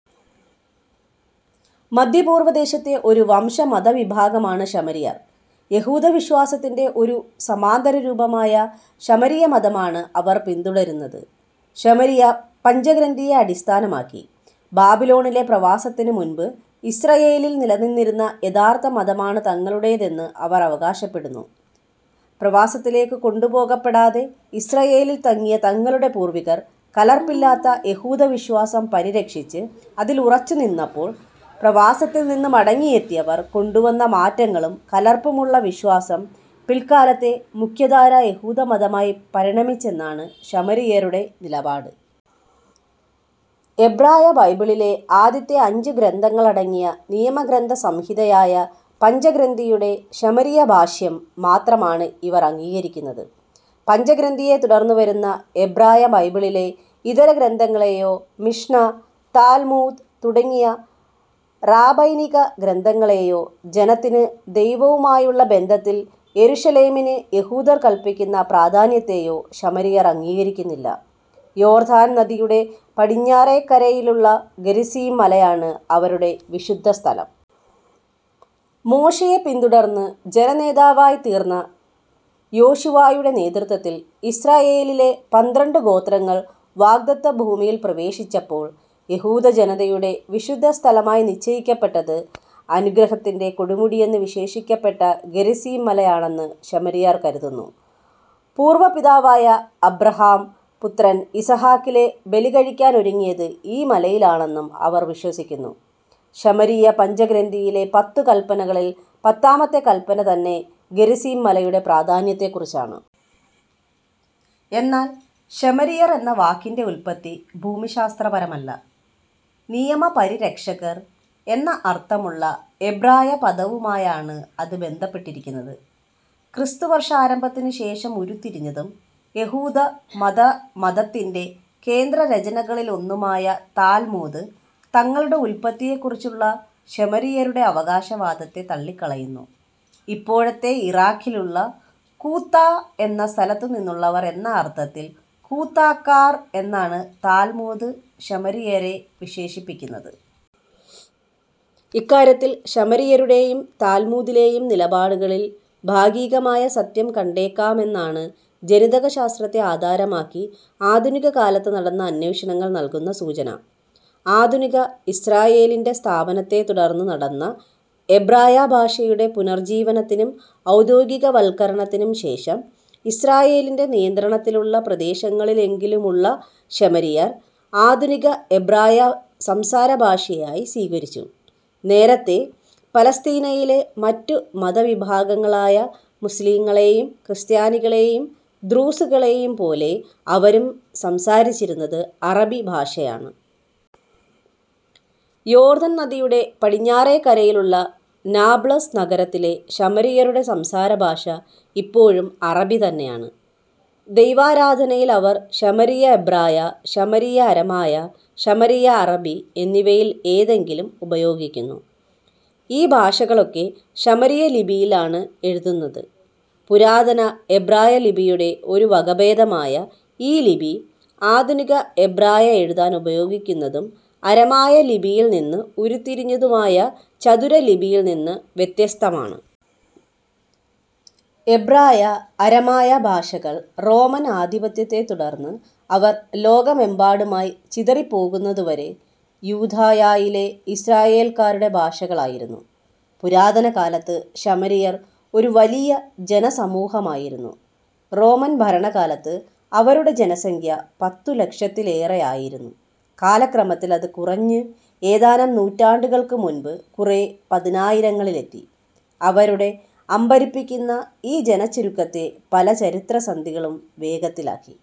മദ്ധ്യപൂർവദേശത്തെ ഒരു വംശ-മതവിഭാഗമാണ് ശമരിയർ. യഹൂദവിശ്വാസത്തിന്റെ ഒരു സമാന്തരരൂപമായ ശമരിയമതമാണ് അവർ പിന്തുടരുന്നത്. ശമരിയ പഞ്ചഗ്രന്ഥിയെ അടിസ്ഥാനമാക്കി, ബാബിലോണിലെ പ്രവാസത്തിനുമുൻപ് ഇസ്രായേലിൽ നിലനിന്നിരുന്ന യഥാർത്ഥമതമാണ് തങ്ങളുടേതെന്ന് അവർ അവകാശപ്പെടുന്നു. പ്രവസത്തിലേക്ക് കൊണ്ടുപോകപ്പെടാതെ ഇസ്രായേലിൽ തങ്ങിയ തങ്ങളുടെ പൂർവികർ കലർപ്പില്ലാത്ത യഹൂദവിശ്വാസം പരിരക്ഷിച്ച് അതിൽ ഉറച്ചുനിന്നപ്പോൾ, പ്രവാസത്തിൽ നിന്ന് മടങ്ങിയെത്തിയവർ കൊണ്ടുവന്ന മാറ്റങ്ങളും കലർപ്പുമുള്ള വിശ്വാസം പിലക്കാലത്തെ മുഖ്യധാരാ യഹൂദമതമായി പരിണമിച്ചെന്നാണ് ശമരിയരുടെ നിലപാട്. എബ്രായബൈബിളിലെ ആദ്യത്തെ അഞ്ചുഗ്രന്ഥങ്ങളടങ്ങിയ നിയമഗ്രന്ഥസംഹിതയായ പഞ്ചഗ്രന്ഥിയുടെ ശമരിയഭാഷ്യം മാത്രമാണ് ഇവർ അംഗീകരിക്കുന്നത്. പഞ്ചഗ്രന്ഥിയെ തുടർന്നു വരുന്ന എബ്രായബൈബിളിലെ ഇതരഗ്രന്ഥങ്ങളെയോ, മിഷ്നാ, താൽമൂദ് തുടങ്ങിയ റാബൈനിക ഗ്രന്ഥങ്ങളേയോ, ജനത്തിന് ദൈവവുമായുള്ള ബന്ധത്തിൽ യെരുശലേമിന് യഹൂദർ കല്പിക്കുന്ന പ്രാധാന്യത്തെയോ ശമരിയർ അംഗീകരിക്കുന്നില്ല. യോർദ്ദാൻ നദിയുടെ പടിഞ്ഞേറെക്കരയിലുള്ള ഗെരിസിം മലയാണ് അവരുടെ വിശുദ്ധസ്ഥലം. മോശെയെ പിന്തുടർന്ന് ജനനേതാവായിത്തീർന്ന യോശുവായുടെ നേതൃത്വത്തിൽ ഇസ്രായേലിലെ പന്ത്രണ്ടു ഗോത്രങ്ങൾ വാഗ്ദത്തഭൂമിയിൽ പ്രവേശിച്ചപ്പോൾ, യഹൂദജനതയുടെ വിശുദ്ധസ്ഥലമായി നിശ്ചയിക്കപ്പെട്ടത് അനുഗ്രത്തിന്റെ കൊടുമുടിയെന്ന് വിശേഷിപ്പിക്കപ്പെട്ട ഗെരിസിം മല ആണെന്ന് ശമരിയർ കരുതുന്നു. പൂർവപിതാവായ അബ്രാഹം പുത്രൻ ഇസഹാക്കിലെ ബലികഴിക്കാനൊരുങ്ങിയത് ഈ മലയിലാണെന്നും അവർ വിശ്വസിക്കുന്നു. ശമരിയപഞ്ചഗ്രന്ഥിയിലെ പത്തുകല്പനകളിൽ പത്താമത്തെ കല്പന തന്നെ ഗെരിസിം മലയുടെ പ്രാധാന്യത്തെക്കുറിച്ചാണ്. എന്നാൽ 'ശമരിയർ' എന്ന വാക്കിന്റെ ഉല്പത്തി ഭൂമിശാസ്ത്രപരമല്ല. "നിയമപരിരക്ഷകർ" എന്ന അർത്ഥമുള്ള എബ്രായ പദവുമായാണ് അത് ബന്ധപ്പെട്ടിരിക്കുന്നത്. ക്രിസ്തുവർഷാരംഭത്തിനുശേഷം ഉരുത്തിരിഞ്ഞതും, യഹൂദമതമതത്തിന്റെ കേന്ദ്രരചനകളിലൊന്നുമായ താൽമൂദ്, തങ്ങളുടെ ഉല്പത്തിയെക്കുറിച്ചുള്ള ശമരിയരുടെ അവകാശവാദത്തെ തള്ളിക്കളയുന്നു. ഇപ്പോഴത്തെ ഇറാഖിലുള്ള കൂത്താ എന്ന സ്ഥലത്തുനിന്നുള്ളവർ എന്ന അർത്ഥത്തിൽ കൂത്താക്കാർ എന്നാണ് താൽമൂദ് ശമരിയരെ വിശേഷിപ്പിക്കുന്നത്. ഇക്കാര്യത്തിൽ ശമരിയരുടേയും താൽമൂദിലേയും നിലപാടുകളിൽ ഭാഗികമായ സത്യം കണ്ടെക്കാമെന്നാണ് ജനിതകശാസ്ത്രത്തെ ആധാരമാക്കി ആധുനികകാലത്ത് നടന്ന അന്വേഷണങ്ങൾ നൽകുന്ന സൂചന. ആധുനിക ഇസ്രായേലിന്റെ സ്ഥാപനത്തെ തുടർന്ന് നടന്ന എബ്രായഭാഷയുടെ പുനർജ്ജീവനത്തിനും ഔദ്യോഗികവൽക്കരണത്തിനും ശേഷം, ഇസ്രായേലിന്റെ നിയന്ത്രണത്തിലുള്ള പ്രദേശങ്ങളിലെങ്കിലുമുള്ള ശമരിയർ ആധുനിക എബ്രായ സംസാരഭാഷയായി സ്വീകരിച്ചു. നേരത്തേ, പലസ്തീനയിലെ മറ്റു മതവിഭാഗങ്ങളായ മുസ്ലിങ്ങളേയും, ക്രിസ്ത്യാനികളേയും ദ്രൂസുകളേയും പോലെ, അവരും സംസാരിച്ചിരുന്നത് അറബി ഭാഷയാണ്. യോർദ്ദൻ നദിയുടെ പടിഞ്ഞാറേക്കരയിലുള്ള നാബ്ലസ് നഗരത്തിലെ ശമരിയരുടെ സംസാരഭാഷ ഇപ്പോഴും അറബി തന്നെയാണ്. ദൈവാരാധനയിൽ അവർ ശമരിയ-എബ്രായ, ശമരിയ-അരമായ, ശമരിയ-അറബി എന്നിവയിൽ ഏതെങ്കിലും ഉപയോഗിക്കുന്നു. ഈ ഭാഷകളൊക്കെ ശമരിയ ലിപിയിൽ ആണ് എഴുതുന്നത്. പുരാതന എബ്രായ ലിപിയുടെ ഒരു വകഭേദമായ ഈ ലിപി, ആധുനിക എബ്രായ എഴുതാൻ ഉപയോഗിക്കുന്നതും അരമായ ലിപിയിൽ നിന്ന് ഉരുത്തിരിഞ്ഞതുമായ ചതുരലിപിയിൽ നിന്ന് വ്യത്യസ്തമാണ്. എബ്രായ, അരമായ ഭാഷകൾ, റോമൻ ആധിപത്യത്തെ തുടർന്ന് അവർ ലോകമെമ്പാടുമായി ചിതറിപ്പോകുന്നതുവരെ, യൂദയായിലെ ഇസ്രായേൽക്കാരുടെ ഭാഷകൾ ആയിരുന്നു. പുരാതനകാലത്ത് ശമരിയർ ഒരു വലിയ ജനസമൂഹമായിരുന്നു. റോമൻ ഭരണകാലത്ത് അവരുടെ ജനസംഖ്യ പത്തുലക്ഷത്തിലേറെയായിരുന്നു. കാലക്രമത്തിൽ അത് കുറഞ്ഞ് ഏതാനും നൂറ്റാണ്ടുകൾക്കുമുൻപ് കുറേ പതിറ്റായിരങ്ങളിലെത്തി. അവരുടെ അമ്പരപ്പിക്കുന്ന ഈ ജനച്ചുരുക്കത്തെ പലചരിത്രസന്ധികളും വേഗത്തിലാക്കി.